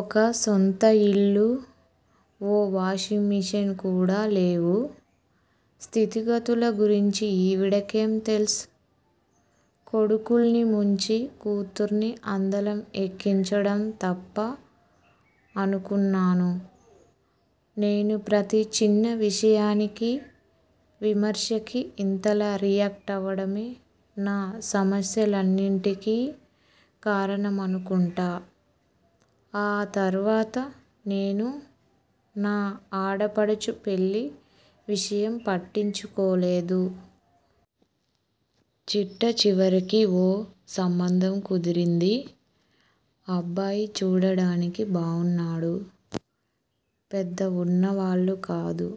ఒక సొంత ఇల్లు, ఓ వాషింగ్ మెషీన్ కూడా లేవు. స్థితిగతుల గురించి ఈవిడకేం తెల్సు? కొడుకుల్ని ముంచి కూతుర్ని అందలం ఎక్కించడం తప్ప అనుకున్నాను. నేను ప్రతి చిన్న విషయానికీ, విమర్శకి ఇంతలా రియాక్టవడమే నా సమస్యలన్నింటికీ కారణమనుకుంటా. ఆ తర్వాత నేను నా ఆడపడుచు పెళ్ళి విషయం పట్టించుకోలేదు. చిట్టచివరికి ఓ సంబంధం కుదిరింది. అబ్బాయి చూడడానికి బావున్నాడు. పెద్ద వున్నవాళ్ళు కాదు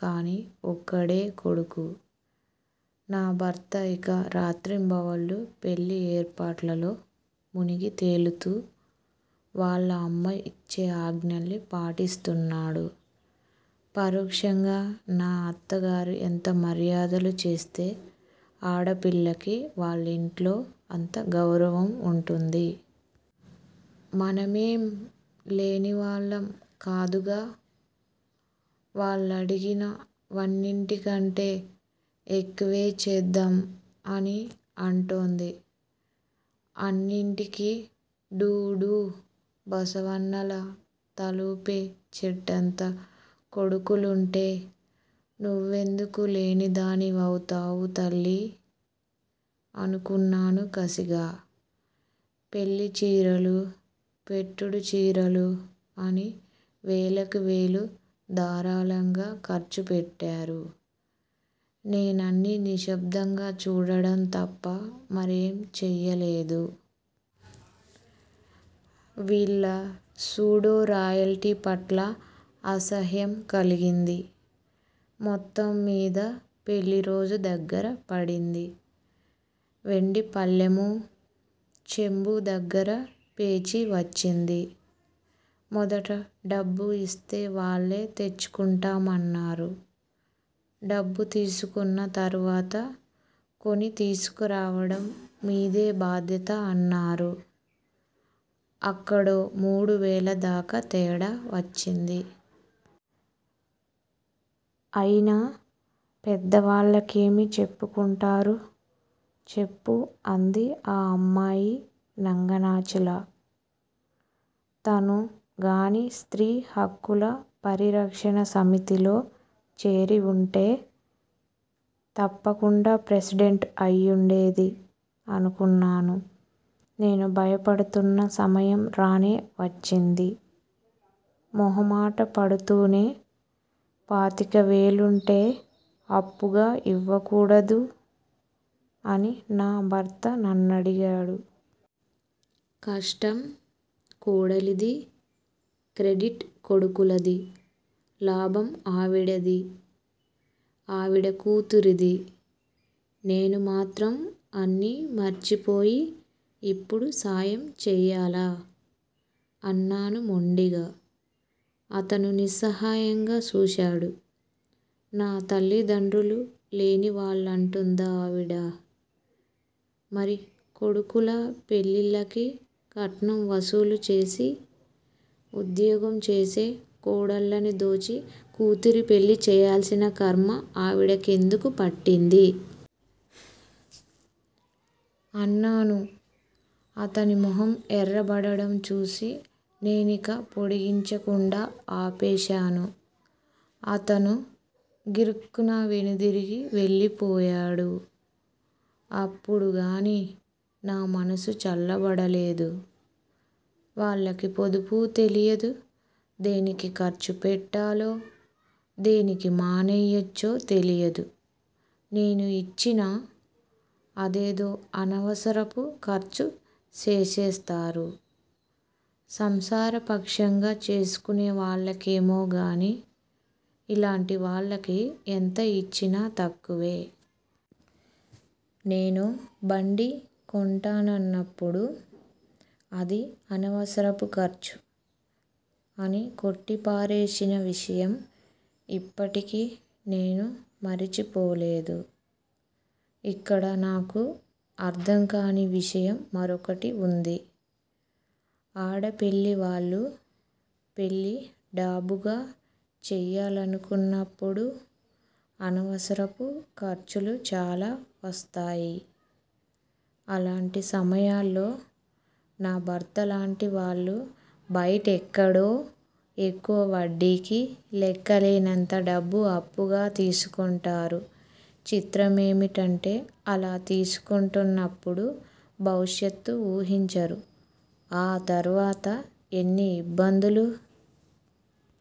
కానీ ఒక్కడే కొడుకు. నా భర్త ఇక రాత్రింబవళ్ళూ పెళ్ళి ఏర్పాట్లలో మునిగి తేలుతూ వాళ్ళ అమ్మ ఇచ్చే ఆజ్ఞల్ని పాటిస్తున్నాడు. పరోక్షంగా నా అత్తగారు ఎంత మర్యాదలు చేస్తే ఆడపిల్లకి వాళ్ళింట్లో అంత గౌరవం వుంటుంది. మనమేం లేనివాళ్ళం కాదుగా. వాళ్ళడిగిన వన్నిటికంటె ఎక్కువే చేద్దాం అని అంటోంది. అన్నిటికీ డూడూ బసవన్నల్లా తలూపే చెట్టంత కొడుకులుంటే నువ్వెందుకు లేనిదాని వవుతావు తల్లీ? అనుకున్నాను కసిగా. పెళ్ళిచీరలూ, పెట్టుడు చీరలూ అని వేలకి వేలు ధారాళంగా ఖర్చుపెట్టారు. నేనన్నీ నిశ్శబ్దంగా చూడడం తప్ప మరేం చెయ్యలేదు. వీళ్ళ సూడో రాయల్టీ పట్ల అసహ్యం కలిగింది. మొత్తం మీద పెళ్ళిరోజు దగ్గిర పడింది. వెండి పళ్ళెమూ, చెంబూ దగ్గర పేచీ వచ్చింది. మొదట డబ్బు ఇస్తే వాళ్ళే తెచ్చుకుంటామన్నారు. డబ్బు తీసుకున్న తర్వాత 'కొని తీసుకురావడం మీదే బాధ్యత' అన్నారు. అక్కడో మూడువేల దాకా తేడా వచ్చింది. అయినా పెద్ద వాళ్ళకేమని చెప్పుకుంటారు చెప్పు అంది ఆ అమ్మాయి నంగనాచిలా. తనుగానీ స్త్రీ హక్కుల పరిరక్షణ సమితిలో చేరి వుంటే, తప్పకుండా ప్రెసిడెంట్ అయివుండేది అనుకున్నాను. నేను భయపడుతున్న సమయం రానే వచ్చింది. మొహమాట పడుతూనే పాతిక వేలుంటే అప్పుగా ఇవ్వకూడదు? అని నా భర్త నన్నడిగాడు. కష్టం కోడలిది. క్రెడిట్ కొడుకులది. లాభం ఆవిడదీ, ఆవిడ కూతురిదీ! నేను మాత్రం అన్నీ మర్చిపోయి ఇప్పుడు సాయం చెయ్యాలా? అన్నాను మొండిగా. అతను నిస్సహాయంగా చూశాడు. నా తల్లిదండ్రులు లేని వాళ్ళంటుందా ఆవిడ? మరి కొడుకుల పెళ్ళిళ్ళకి కట్నం వసూలు చేసి, ఉద్యోగం చేసే కోడళ్ళని దోచి కూతురి పెళ్ళి చెయ్యాల్సిన ఖర్మ ఆవిడకెందుకు పట్టింది? అన్నాను. అతని మొహం ఎర్రబడడం చూసి నేనిక పొడిగించకుండా ఆపేశాను. అతను గిరుక్కున వెనుదిరిగి వెళ్ళిపోయాడు. అప్పుడుగానీ నా మనసు చల్లబడలేదు. వాళ్ళకి పొదుపు తెలీదు. దేనికి ఖర్చు పెట్టాలో, దేనికి మానెయ్యొచ్చో తెలీదు. నేను ఇచ్చినా అదేదో అనవసరపు ఖర్చు చేసేస్తారు. సంసారపక్షంగా చేసుకునేవాళ్ళకేమోగానీ, ఇలాంటి వాళ్ళకి ఎంత ఇచ్చినా తక్కువే. నేను బండి కొంటానన్నప్పుడు 'అది అనవసరపు ఖర్చు' అని కొట్టిపారేసిన విషయం ఇప్పటికీ నేను మరిచిపోలేదు! ఇక్కడ నాకు అర్థంకాని విషయం మరొకటి వుంది. ఆడపెళ్ళివాళ్ళు పెళ్ళి డాబుగా చెయ్యాలనుకున్నప్పుడు అనవసరపు ఖర్చులు చాలా వస్తాయి. అలాంటి సమయాల్లో నా భర్త లాంటి వాళ్ళు బయటెక్కడో ఎక్కువ వడ్డీకి లెక్కలేనంత డబ్బు అప్పుగా తీసుకుంటారు. చిత్రమేమిటంటే అలా తీసుకుంటున్నప్పుడు భవిష్యత్తు వూహించరు. ఆ తర్వాత ఎన్ని ఇబ్బందులు